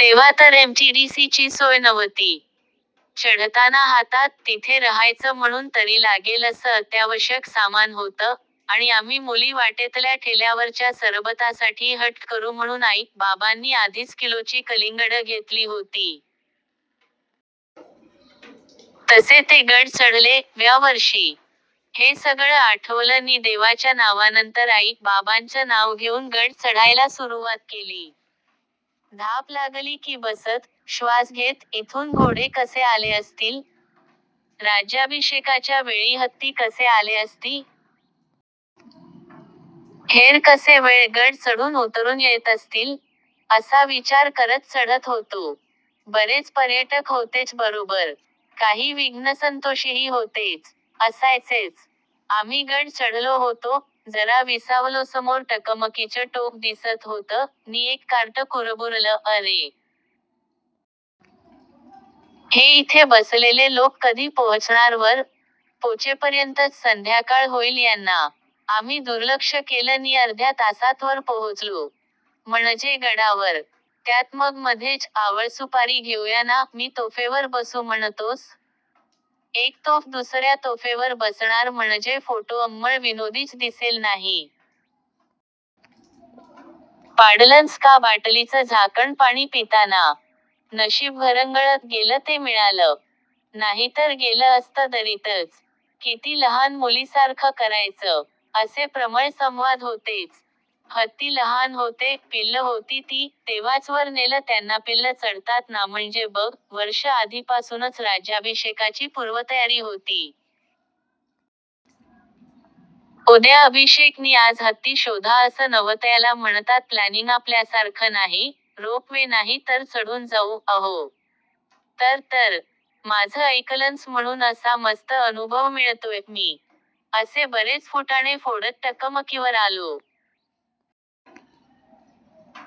तेव्हा तर M T D C ची सोय नव्हती. चढताना हातात, तिथे रहायचं म्हणून तरी लागेल असं अत्यावश्यक सामान होतं, आणि आम्ही मुली वाटेतल्या ठेल्यावरच्या सरबतासाठी हट्ट करू म्हणून आई-बाबांनी आधीच किलोची कलिंगडं घेतली होती! तसे ते गड चढले, व्या वर्षी! हे सगळं आठवलं नि देवाच्या नावानंतर आई-बाबांचं नाव घेऊन गड चढायला सुरूवात केली! धाप लागली की बसत, श्वास घेत, "इथून घोडे कसे आले असतील? " "राज्याभिषेकाच्या वेळी हत्ती कसे आले असती? " "हेर कसे वेळ गड चढून उतरून येत असतील? " असा विचार करत चढत होतो. बरेच पर्यटक होतेच बरोबर. काही विघ्नसंतोषीही होतेच. असायचेच! आम्ही गड चढलो होतो, जरा विसावलोसमोर टकमकीचं टोक दिसत होतं, नि एक कार्टं कुरबुरलं "अरे! हे इथे बसलेले लोक कधी पोहोचणार वर? पोचेपर्यंतच संध्याकाळ होईल यांना! " आम्ही दुर्लक्ष केलं नि अर्ध्या तासात वर पोहोचलो. म्हणजे गडावर! त्यात मग मधेच "आवळसुपारी घेऊया ना" "मी तोफेवर बसू म्हणतोस? एक तोफ दुसर्या तोफेवर बसणार म्हणजे फोटो अंमळ विनोदीच दिसेल नाही! " "पाडलंस का बाटलीचं झाकण पाणी पिताना! नशीब घरंगळत गेलं ते मिळालं.. नाहीतर गेलं असतं दरीतच! किती लहान मुलीसारखं करायचं! " असे प्रमळ संवाद होतेच! " हत्ती लहान होते, पिल्लं होती ती, तेव्हाच वर नेलं त्यांनापिल्लं चढतात नाम्हणजे बघ, वर्षं आधीपासूनच राज्याभिषेकाची पूर्वतयारी होती.. उद्या अभिषेक नि आज हत्ती शोधा असं नव्हतंयाला म्हणतात प्लॅनिंगआपल्यासारखं नाही, रोप वे नाही तर चढून जाऊ" अहो. "तर तर! माझं ऐकलंस म्हणून असा मस्त अनुभव मिळतोय" -मी. असे बरेच फुटाणे फोडत टकमकीवर आलो.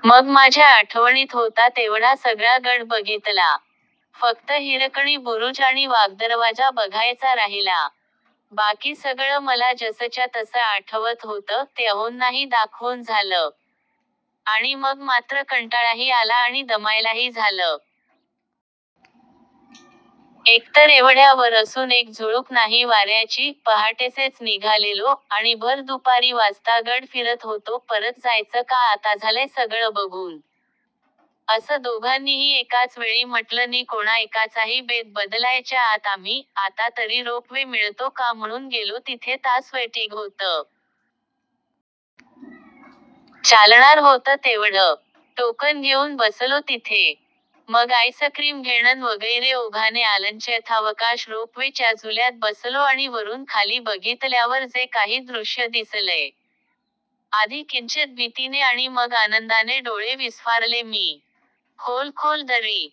मग माझ्या आठवणीत होता तेवढा सगळा गड बघितला. फक्त हिरकणी बुरूज आणि वाघदरवाजा बघायचा राहिला. बाकी सगळं मला जसच्या तसं आठवत होतं, ते अहोंनाही दाखवून झालं! आणि मग मात्र कंटाळाही आला आणि दमायलाही झालं. एकतर एवढ्या वर असून एक झुळूक नाही वार्याची, पहाटेसेच निघालेलो, आणि भर दुपारी वाजता गड फिरत होतो"परत जायचं का आताझालंय सगळं बघून.. " असं दोघांनीही एकाच वेळी म्हटलं नि कोणा एकाचाही बेत बदलायच्या आत आम्ही, आता तरी रोप वे मिळतो का म्हणून गेलो तिथे तास वेटिंग होतं. चालणार होतं तेवढं. टोकन घेऊन बसलो तिथे. मग आईसक्रीम घेणं वगैरे ओघाने आलंचयथावकाश रोप वे च्या झुल्यात बसलो आणि वरून खाली बघितल्यावर जे काही दृश्य दिसलंय! आधी किंचित भितीने आणि मग आनंदाने डोळे विस्फारले मी! खोल खोल दरी..